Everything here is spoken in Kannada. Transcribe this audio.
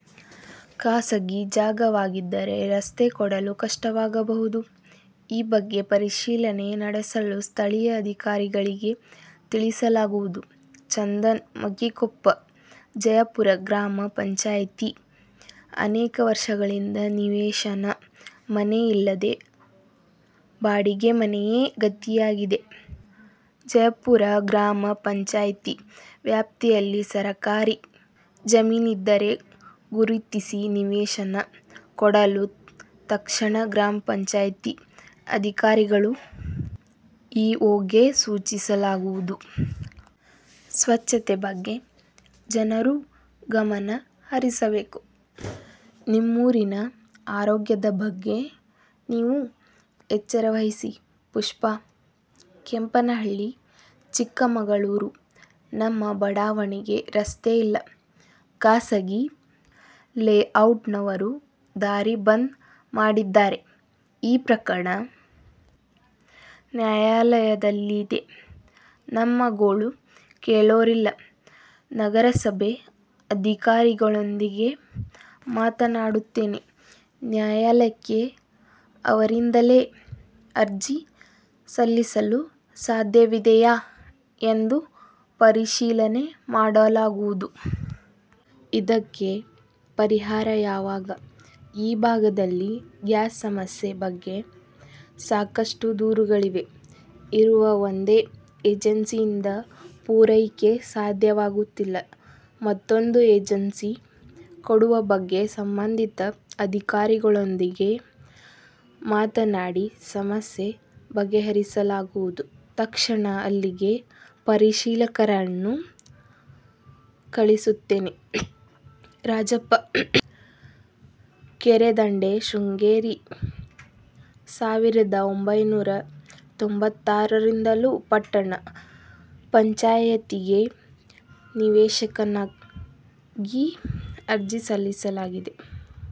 ಖಾಸಗಿ ಜಾಗವಾಗಿದ್ದರೆ ರಸ್ತೆ ಕೊಡಲು ಕಷ್ಟವಾಗಬಹುದು. ಈ ಬಗ್ಗೆ ಪರಿಶೀಲನೆ ನಡೆಸಲು ಸ್ಥಳೀಯ ಅಧಿಕಾರಿಗಳಿಗೆ ತಿಳಿಸಲಾಗುವುದು. ಚಂದನ್, ಮಕ್ಕಿಕೊಪ್ಪ, ಜಯಪುರ ಗ್ರಾಮ ಪಂಚಾಯ್ತಿ ಅನೇಕ ವರ್ಷಗಳಿಂದ ನಿವೇಶನ, ಮನೆ ಇಲ್ಲದೆ ಬಾಡಿಗೆ ಮನೆಯೇ ಗತಿಯಾಗಿದೆ. ಜಯಪುರ ಗ್ರಾಮ ಪಂಚಾಯ್ತಿ ವ್ಯಾಪ್ತಿಯಲ್ಲಿ ಸರಕಾರಿ ಜಮೀನಿದ್ದರೆ ಗುರುತಿಸಿ ನಿವೇಶನ ಕೊಡಲು ತಕ್ಷಣ ಗ್ರಾಮ ಪಂಚಾಯ್ತಿ ಅಧಿಕಾರಿಗಳು, ಇಒಗೆ ಸೂಚಿಸಲಾಗುವುದು. ಸ್ವಚ್ಛತೆ ಬಗ್ಗೆ ಜನರೂ ಗಮನ ಹರಿಸಬೇಕು. ನಿಮ್ಮೂರಿನ ಆರೋಗ್ಯದ ಬಗ್ಗೆ ನೀವೂ ಎಚ್ಚರವಹಿಸಿ. ಪುಷ್ಪಾ, ಕೆಂಪನಹಳ್ಳಿ, ಚಿಕ್ಕಮಗಳೂರು ನಮ್ಮ ಬಡಾವಣೆಗೆ ರಸ್ತೆ ಇಲ್ಲ, ಖಾಸಗಿ ಲೇಔಟ್ನವರು ದಾರಿ ಬಂದ್ ಮಾಡಿದ್ದಾರೆ. ಈ ಪ್ರಕರಣ ನ್ಯಾಯಾಲಯದಲ್ಲಿದೆ ನಮ್ಮ ಗೋಳು ಕೇಳೋರಿಲ್ಲ. ನಗರಸಭೆ ಅಧಿಕಾರಿಗಳೊಂದಿಗೆ ಮಾತನಾಡುತ್ತೇನೆ. ನ್ಯಾಯಾಲಯಕ್ಕೆ ಅವರಿಂದಲೇ ಅರ್ಜಿ ಸಲ್ಲಿಸಲು ಸಾಧ್ಯವಿದೆಯಾ ಎಂದು ಪರಿಶೀಲನೆ ಮಾಡಲಾಗುವುದು. ಇದಕ್ಕೆ ಪರಿಹಾರ ಯಾವಾಗ, ಈ ಭಾಗದಲ್ಲಿ ಗ್ಯಾಸ್ ಸಮಸ್ಯೆ ಬಗ್ಗೆ ಸಾಕಷ್ಟು ದೂರುಗಳಿವೆ. ಇರುವ ಒಂದೇ ಏಜೆನ್ಸಿಯಿಂದ ಪೂರೈಕೆ ಸಾಧ್ಯವಾಗುತ್ತಿಲ್ಲ. ಮತ್ತೊಂದು ಏಜೆನ್ಸಿ ಕೊಡುವ ಬಗ್ಗೆ ಸಂಬಂಧಿತ ಅಧಿಕಾರಿಗಳೊಂದಿಗೆ ಮಾತನಾಡಿ ಸಮಸ್ಯೆ ಬಗೆಹರಿಸಲಾಗುವುದು. ತಕ್ಷಣ ಅಲ್ಲಿಗೆ ಪರಿಶೀಲಕರನ್ನು ಕಳಿಸುತ್ತೇನೆ. ರಾಜಪ್ಪ, ಕೆರೆ ದಂಡೆ, ಶೃಂಗೇರಿ ಸಾವಿರದ ಒಂಭೈನೂರ ತೊಂಬತ್ತಾರರಿಂದಲೂ ಪಟ್ಟಣ ಪಂಚಾಯಿತಿಗೆ ನಿವೇಶನಕ್ಕಾಗಿ ಅರ್ಜಿ ಸಲ್ಲಿಸಲಾಗಿದೆ.